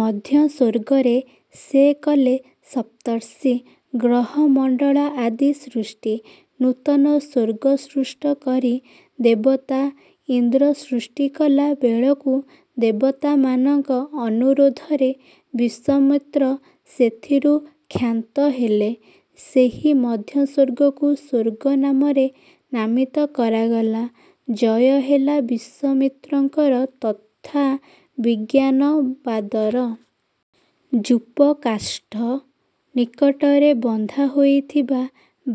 ମଧ୍ୟ ସ୍ୱର୍ଗରେ ସେ କଲେ ସପ୍ତର୍ଷୀ, ଗ୍ରହମଣ୍ଡଳ ଆଦି ସୃଷ୍ଟି। ନୂତନ ସ୍ୱର୍ଗ ସୃଷ୍ଟ କରି ଦେବତା, ଇନ୍ଦ୍ର ସୃଷ୍ଟିକଲା ବେଳକୁ ଦେବତାମାନଙ୍କ ଅନୁରୋଧରେ ବିଶ୍ୱାମିତ୍ର ସେଥିରୁ କ୍ଷାନ୍ତ ହେଲେ। ସେହି ମଧ୍ୟସ୍ୱର୍ଗକୁ ସ୍ୱର୍ଗ ନାମରେ ନାମିତ କରାଗଲା। ଜୟ ହେଲା ବିଶ୍ୱାମିତ୍ରଙ୍କର ତଥା ବିଜ୍ଞାନବାଦର। ଯୂପ କାଷ୍ଠ ନିକଟରେ ବନ୍ଧା ହୋଇଥିବା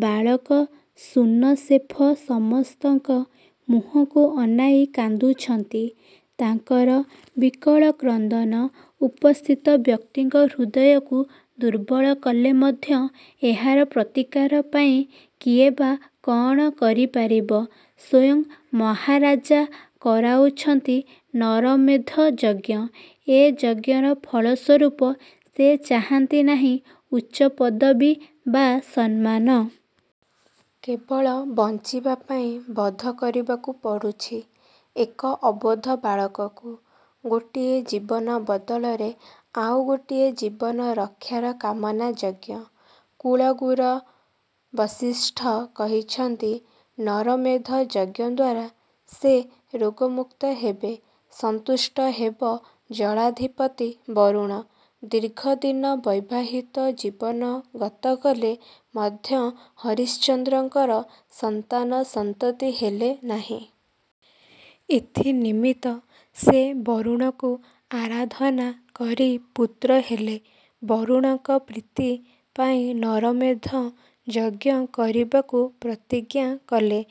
ବାଳକ ଶୂନଶେଫ ସମସ୍ତଙ୍କ ମୁହଁକୁ ଅନାଇ କାନ୍ଦୁଛନ୍ତି। ତାଙ୍କର ବିକଳ କ୍ରନ୍ଦନ ଉପସ୍ଥିତ ବ୍ୟକ୍ତିଙ୍କ ହୃଦୟକୁ ଦୁର୍ବଳ କଲେ ମଧ୍ୟ ଏହାର ପ୍ରତିକାର ପାଇଁ କିଏବା କ'ଣ କରିପାରିବ। ସ୍ୱୟଂ ମହାରାଜା କରାଉଛନ୍ତି ନରମେଧ ଯଜ୍ଞ। ଏ ଯଜ୍ଞର ଫଳ ସ୍ୱରୂପ ସେ ଚାହାଁନ୍ତି ନାହିଁ ଉଚ୍ଚପଦବୀ ବା ସମ୍ମାନ। କେବଳ ବଞ୍ଚିବା ପାଇଁ ବଧ କରିବାକୁ ପଡ଼ୁଛି ଏକ ଅବୋଧ ବାଳକକୁ। ଗୋଟିଏ ଜୀବନ ବଦଳରେ ଆଉ ଗୋଟିଏ ଜୀବନ ରକ୍ଷାର କାମନା ଯଜ୍ଞ। କୁଳଗୁର ବଶିଷ୍ଠ କହିଛିନ୍ତ, ନରମେଧ ଯଜ୍ଞ ଦ୍ୱାରା ସେ ରୋଗମୁକ୍ତ ହେବେ। ସନ୍ତୁଷ୍ଟ ହେବ ଜଳାଧିପତି ବରୁଣ। ଦୀର୍ଘ ଦିନ ବୈବାହିତ ଜୀବନ ଗତ କଲେ ମଧ୍ୟ ହରିଶ୍ଚନ୍ଦ୍ରଙ୍କର ସନ୍ତାନ ସନ୍ତତି ହେଲେ ନାହିଁ। ଏଥି ନିମିତ୍ତ ସେ ବରୁଣକୁ ଆରାଧନା କରି ପୁତ୍ର ହେଲେ ବରୁଣଙ୍କ ପ୍ରୀତି ପାଇଁ ନରମେଧ ଯଜ୍ଞ କରିବାକୁ ପ୍ରତିଜ୍ଞା କଲେ।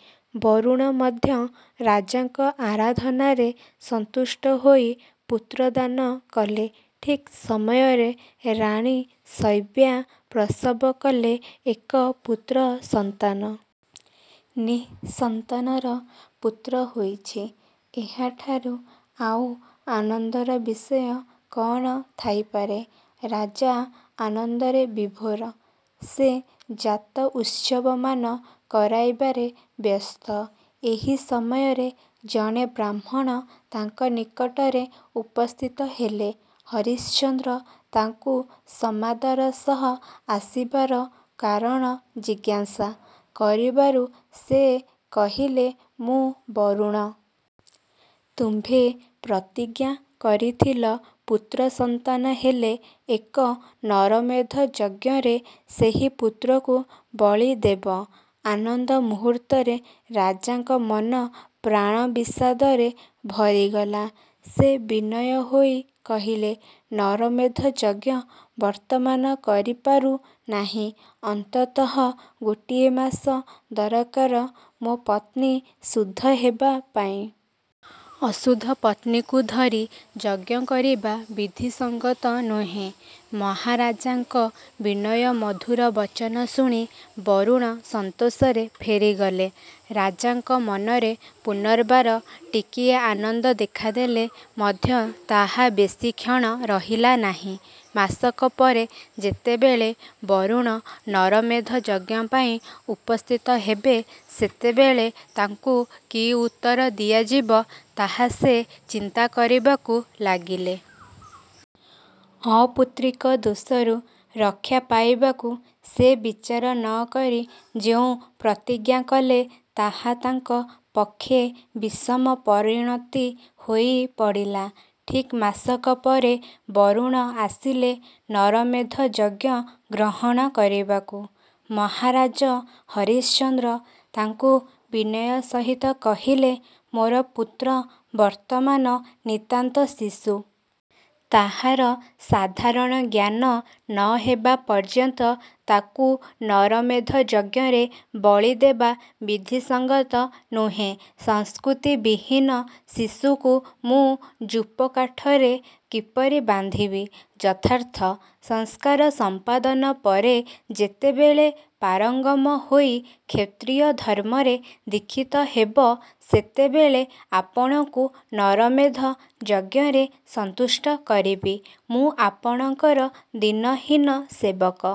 ବରୁଣ ମଧ୍ୟ ରାଜାଙ୍କ ଆରାଧନାରେ ସନ୍ତୁଷ୍ଟ ହୋଇ ପୁତ୍ର ଦାନ କଲେ। ଠିକ୍ ସମୟରେ ରାଣୀ ଶୈବ୍ୟା ପ୍ରସବ କଲେ ଏକ ପୁତ୍ର ସନ୍ତାନ। ନିଃସନ୍ତାନର ପୁତ୍ର ହୋଇଛି, ଏହାଠାରୁ ଆଉ ଆନନ୍ଦର ବିଷୟ କଣ ଥାଇପାରେ! ରାଜା ଆନନ୍ଦରେ ବିଭୋର। ସେ ଜାତ ଉତ୍ସବମାନ କରାଇବାରେ ବ୍ୟସ୍ତ। ଏହି ସମୟରେ ଜଣେ ବ୍ରାହ୍ମଣ ତାଙ୍କ ନିକଟରେ ଉପସ୍ଥିତ ହେଲେ। ହରିଶ୍ଚନ୍ଦ୍ର ତାଙ୍କୁ ସମାଦର ସହ ଆସିବାର କାରଣ ଜିଜ୍ଞାସା। କରିବାରୁ ସେ କହିଲେ ''ମୁଁ ବରୁଣ। ତୁମ୍ଭେ ପ୍ରତିଜ୍ଞା କରିଥିଲ ପୁତ୍ରସନ୍ତାନ ହେଲେ ଏକ ନରମେଧ ଯଜ୍ଞରେ ସେହି ପୁତ୍ରକୁ ବଳି ଦେବ। '' ଆନନ୍ଦ ମୁହୂର୍ତ୍ତରେ ରାଜାଙ୍କ ମନ ପ୍ରାଣ ବିଷାଦରେ ଭରିଗଲା। ସେ ବିନୟ ହୋଇ କହିଲେ, ନରମେଧ ଯଜ୍ଞ ବର୍ତ୍ତମାନ କରିପାରୁ ନାହିଁ। ଅନ୍ତତଃ ଗୋଟିଏ ମାସ ଦରକାର ମୋ ପତ୍ନୀ ଶୁଦ୍ଧ ହେବା ପାଇଁ। ଅଶୁଦ୍ଧ ପତ୍ନୀକୁ ଧରି ଯଜ୍ଞ କରିବା ବିଧିସଙ୍ଗତ ନୁହେଁ। ମହାରାଜାଙ୍କ ବିନୟ ମଧୁର ବଚନ ଶୁଣି ବରୁଣ ସନ୍ତୋଷରେ ଫେରିଗଲେ। ରାଜାଙ୍କ ମନରେ ପୁନର୍ବାର ଟିକିଏ ଆନନ୍ଦ ଦେଖାଦେଲେ ମଧ୍ୟ ତାହା ବେଶି କ୍ଷଣ ରହିଲା ନାହିଁ। ମାସକ ପରେ ଯେତେବେଳେ ବରୁଣ ନରମେଧ ଯଜ୍ଞ ପାଇଁ ଉପସ୍ଥିତ ହେବେ ସେତେବେଳେ ତାଙ୍କୁ କି ଉତ୍ତର ଦିଆଯିବ ତାହା ସେ ଚିନ୍ତା କରିବାକୁ ଲାଗିଲେ। ଅପୁତ୍ରିକ ଦୋଷରୁ ରକ୍ଷା ପାଇବାକୁ ସେ ବିଚାର ନ କରି ଯେଉଁ ପ୍ରତିଜ୍ଞା କଲେ ତାହା ତାଙ୍କ ପକ୍ଷେ ବିଷମ ପରିଣତି ହୋଇ ପଡ଼ିଲା। ଠିକ୍ ମାସକପରେ ବରୁଣ ଆସିଲେ ନରମେଧ ଯଜ୍ଞ ଗ୍ରହଣ କରିବାକୁ। ମହାରାଜ ହରିଶ୍ଚନ୍ଦ୍ର ତାଙ୍କୁ ବିନୟ ସହିତ କହିଲେ, ମୋର ପୁତ୍ର ବର୍ତ୍ତମାନ ନିତାନ୍ତ ଶିଶୁ। ତାହାର ସାଧାରଣ ଜ୍ଞାନ ନ ହେବା ପର୍ଯ୍ୟନ୍ତ ତାକୁ ନରମେଧ ଯଜ୍ଞରେ ବଳି ଦେବା ବିଧିସଙ୍ଗତ ନୁହେଁ। ସଂସ୍କୃତି ବିହୀନ ଶିଶୁକୁ ମୁଁ ଯୂପକାଠରେ କିପରି ବାନ୍ଧିବି? ଯଥାର୍ଥ ସଂସ୍କାର ସମ୍ପାଦନ ପରେ ଯେତେବେଳେ ପାରଙ୍ଗମ ହୋଇ କ୍ଷତ୍ରୀୟ ଧର୍ମରେ ଦୀକ୍ଷିତ ହେବ ସେତେବେଳେ ଆପଣଙ୍କୁ ନରମେଧ ଯଜ୍ଞରେ ସନ୍ତୁଷ୍ଟ କରିବି। ମୁଁ ଆପଣଙ୍କର ଦୀନହୀନ ସେବକ।